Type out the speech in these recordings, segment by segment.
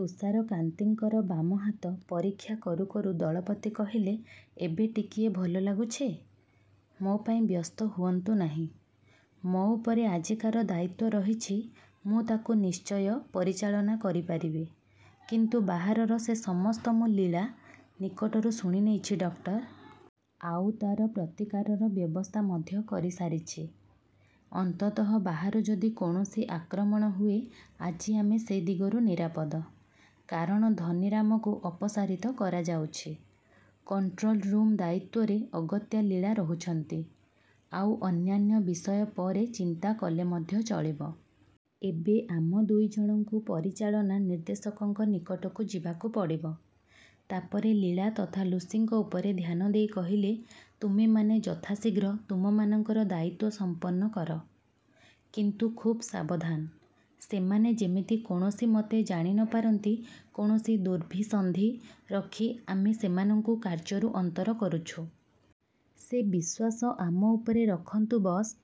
ତୁଷାରକାନ୍ତିଙ୍କର ବାମ ହାତ ପରୀକ୍ଷା କରୁ କରୁ ଦଳପତି କହିଲେ ଏବେ ଟିକିଏ ଭଲ ଲାଗୁଛି? ମୋ ପାଇଁ ବ୍ୟସ୍ତ ହୁଅନ୍ତୁ ନାହିଁ। ମୋ ଉପରେ ଆଜିକାର ଦାୟିତ୍ୱ ରହିଛି ମୁଁ ତାକୁ ନିଶ୍ଚୟ ପରିଚାଳନା କରିପାରିବି। କିନ୍ତୁ ବାହାରର ସେ ସମସ୍ତ ମୁଁ ଲୀଳା ନିକଟରୁ ଶୁଣିନେଇଛି ଡକ୍ଟର। ଆଉ ତାର ପ୍ରତିକାରର ବ୍ୟବସ୍ଥା ମଧ୍ୟ କରିସାରିଛି। ଅନ୍ତତଃ ବାହାରୁ ଯଦି କୌଣସି ଆକ୍ରମଣ ହୁଏ ଆଜି ଆମେ ସେ ଦିଗରୁ ନିରାପଦ। କାରଣ ଧନୀରାମକୁ ଅପସାରିତ କରାଯାଉଛି। କଣ୍ଟ୍ରୋଲ୍ ରୁମ୍ ଦାୟିତ୍ୱରେ ଅଗତ୍ୟା ଲୀଳା ରହୁଛନ୍ତି। ଆଉ ଅନ୍ୟାନ୍ୟ ବିଷୟ ପରେ ଚିନ୍ତା କଲେ ମଧ୍ୟ ଚଳିବ। ଏବେ ଆମ ଦୁଇ ଜଣଙ୍କୁ ପରିଚାଳନା ନିର୍ଦ୍ଦେଶକଙ୍କ ନିକଟକୁ ଯିବାକୁ ପଡ଼ିବ। ତା ପରେ ଲୀଳା ତଥା ଲୁସିଙ୍କ ଉପରେ ଧ୍ୟାନ ଦେଇ କହିଲେ ତୁମେମାନେ ଯଥାଶୀଘ୍ର ତୁମମାନଙ୍କର ଦାୟିତ୍ୱ ସମ୍ପନ୍ନ କର। କିନ୍ତୁ ଖୁବ୍ ସାବଧାନ! ସେମାନେ ଯେମିତି କୌଣସିମତେ ଜାଣି ନ ପାରନ୍ତି କୌଣସି ଦୁର୍ଭିସନ୍ଧି ରଖି ଆମେ ସେମାନଙ୍କୁ କାର୍ଯ୍ୟରୁ ଅନ୍ତର କରୁଛୁ। ସେ ବିଶ୍ୱାସ ଆମ ଉପରେ ରଖନ୍ତୁ ବସ୍।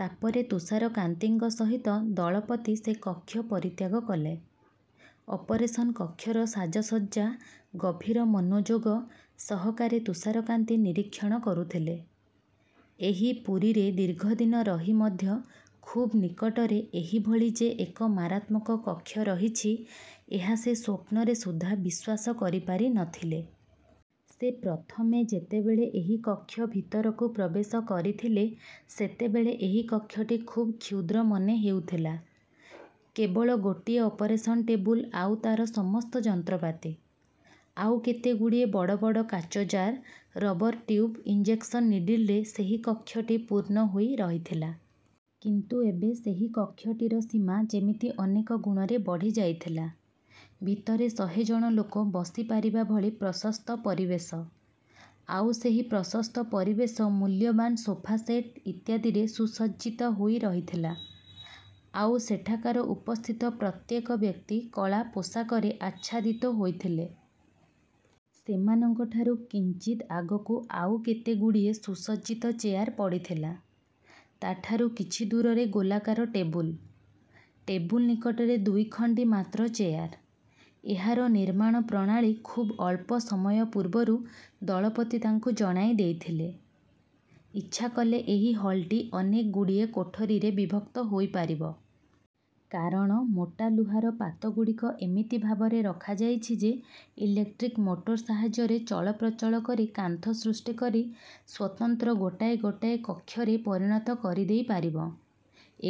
ତା ପରେ ତୁଷାରକାନ୍ତିଙ୍କ ସହିତ ଦଳପତି ସେ କକ୍ଷ ପରିତ୍ୟାଗ କଲେ। ଅପରେସନ୍ କକ୍ଷର ସାଜସଜ୍ଜା ଗଭୀର ମନୋଯୋଗ ସହକାରେ ତୁଷାରକାନ୍ତି ନିରୀକ୍ଷଣ କରୁଥିଲେ। ଏହି ପୁରୀରେ ଦୀର୍ଘ ଦିନ ରହି ମଧ୍ୟ ଖୁବ୍ ନିକଟରେ ଏହିଭଳି ଯେ ଏକ ମାରାତ୍ମକ କକ୍ଷ ରହିଛି ଏହା ସେ ସ୍ୱପ୍ନରେ ସୁଦ୍ଧା ବିଶ୍ୱାସ କରିପାରି ନ ଥିଲେ। ସେ ପ୍ରଥମେ ଯେତେବେଳେ ଏହି କକ୍ଷ ଭିତରକୁ ପ୍ରବେଶ କରିଥିଲେ ସେତେବେଳେ ଏହି କକ୍ଷଟି ଖୁବ୍ କ୍ଷୁଦ୍ର ମନେ ହେଉଥିଲା। କେବଳ ଗୋଟିଏ ଅପରେସନ୍ ଟେବୁଲ୍ ଆଉ ତାର ସମସ୍ତ ଯନ୍ତ୍ରପାତି। ଆଉ କେତେଗୁଡ଼ିଏ ବଡ଼ ବଡ଼ କାଚ ଜାର୍ ରବର୍ ଟ୍ୟୁବ୍ ଇଞ୍ଜେକ୍ସନ୍ ନିଡିଲ୍‌ରେ ସେହି କକ୍ଷଟି ପୂର୍ଣ୍ଣ ହୋଇ ରହିଥିଲା। କିନ୍ତୁ ଏବେ ସେହି କକ୍ଷଟିର ସୀମା ଯେମିତି ଅନେକ ଗୁଣରେ ବଢ଼ିଯାଇଥିଲା। ଭିତରେ ଶହେ ଜଣ ଲୋକ ବସିପାରିବା ଭଳି ପ୍ରଶସ୍ତ ପରିବେଶ। ଆଉ ସେହି ପ୍ରଶସ୍ତ ପରିବେଶ ମୂଲ୍ୟବାନ୍ ସୋଫା ସେଟ୍ ଇତ୍ୟାଦିରେ ସୁସଜ୍ଜିତ ହୋଇ ରହିଥିଲା। ଆଉ ସେଠାକାର ଉପସ୍ଥିତ ପ୍ରତ୍ୟେକ ବ୍ୟକ୍ତି କଳା ପୋଷାକରେ ଆଚ୍ଛାଦିତ ହୋଇଥିଲେ। ସେମାନଙ୍କଠାରୁ କିଞ୍ଚିତ୍ ଆଗକୁ ଆଉ କେତେଗୁଡ଼ିଏ ସୁସଜ୍ଜିତ ଚେୟାର ପଡ଼ିଥିଲା। ତା ଠାରୁ କିଛି ଦୂରରେ ଗୋଲାକାର ଟେବୁଲ୍। ଟେବୁଲ୍ ନିକଟରେ ଦୁଇଖଣ୍ଡି ମାତ୍ର ଚେୟାର। ଏହାର ନିର୍ମାଣ ପ୍ରଣାଳୀ ଖୁବ୍ ଅଳ୍ପ ସମୟ ପୂର୍ବରୁ ଦଳପତି ତାଙ୍କୁ ଜଣାଇ ଦେଇଥିଲେ। ଇଚ୍ଛା କଲେ ଏହି ହଲ୍‌ଟି ଅନେକଗୁଡ଼ିଏ କୋଠରିରେ ବିଭକ୍ତ ହୋଇପାରିବ। କାରଣ ମୋଟା ଲୁହାର ପାତଗୁଡ଼ିକ ଏମିତି ଭାବରେ ରଖାଯାଇଛି ଯେ ଇଲେକ୍ଟ୍ରିକ୍ ମୋଟର ସାହାଯ୍ୟରେ ଚଳପ୍ରଚଳ କରି କାନ୍ଥ ସୃଷ୍ଟି କରି ସ୍ୱତନ୍ତ୍ର ଗୋଟାଏ ଗୋଟାଏ କକ୍ଷରେ ପରିଣତ କରିଦେଇ ପାରିବ।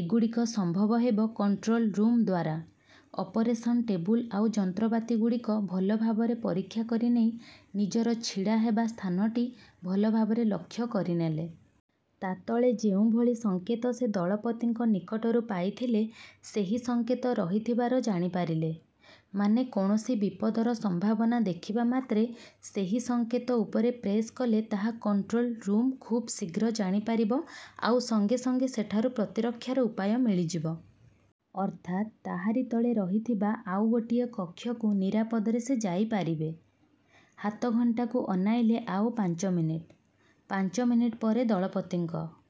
ଏଗୁଡ଼ିକ ସମ୍ଭବ ହେବ କଣ୍ଟ୍ରୋଲ୍ ରୁମ୍ ଦ୍ୱାରା। ଅପରେସନ୍ ଟେବୁଲ୍ ଆଉ ଯନ୍ତ୍ରପାତିଗୁଡ଼ିକ ଭଲ ଭାବରେ ପରୀକ୍ଷା କରି ନେଇ ନିଜର ଛିଡ଼ା ହେବା ସ୍ଥାନଟି ଭଲ ଭାବରେ ଲକ୍ଷ୍ୟ କରିନେଲେ। ତା ତଳେ ଯେଉଁଭଳି ସଙ୍କେତ ସେ ଦଳପତିଙ୍କ ନିକଟରୁ ପାଇଥିଲେ ସେହି ସଙ୍କେତ ରହିଥିବାର ଜାଣିପାରିଲେ। ମାନେ କୌଣସି ବିପଦର ସମ୍ଭାବନା ଦେଖିବା ମାତ୍ରେ ସେହି ସଙ୍କେତ ଉପରେ ପ୍ରେସ୍ କଲେ ତାହା କଣ୍ଟ୍ରୋଲ୍ ରୁମ୍ ଖୁବ୍ ଶୀଘ୍ର ଜାଣିପାରିବ ଆଉ ସଙ୍ଗେ ସଙ୍ଗେ ସେଠାରୁ ପ୍ରତିରକ୍ଷାର ଉପାୟ ମିଳିଯିବ। ଅର୍ଥାତ୍ ତାହାରି ତଳେ ରହିଥିବା ଆଉ ଗୋଟିଏ କକ୍ଷକୁ ନିରାପଦରେ ସେ ଯାଇପାରିବେ। ହାତଘଣ୍ଟାକୁ ଅନାଇଲେ ଆଉ ପାଞ୍ଚ ମିନିଟ୍। ପାଞ୍ଚ ମିନିଟ୍ ପରେ ଦଳପତିଙ୍କ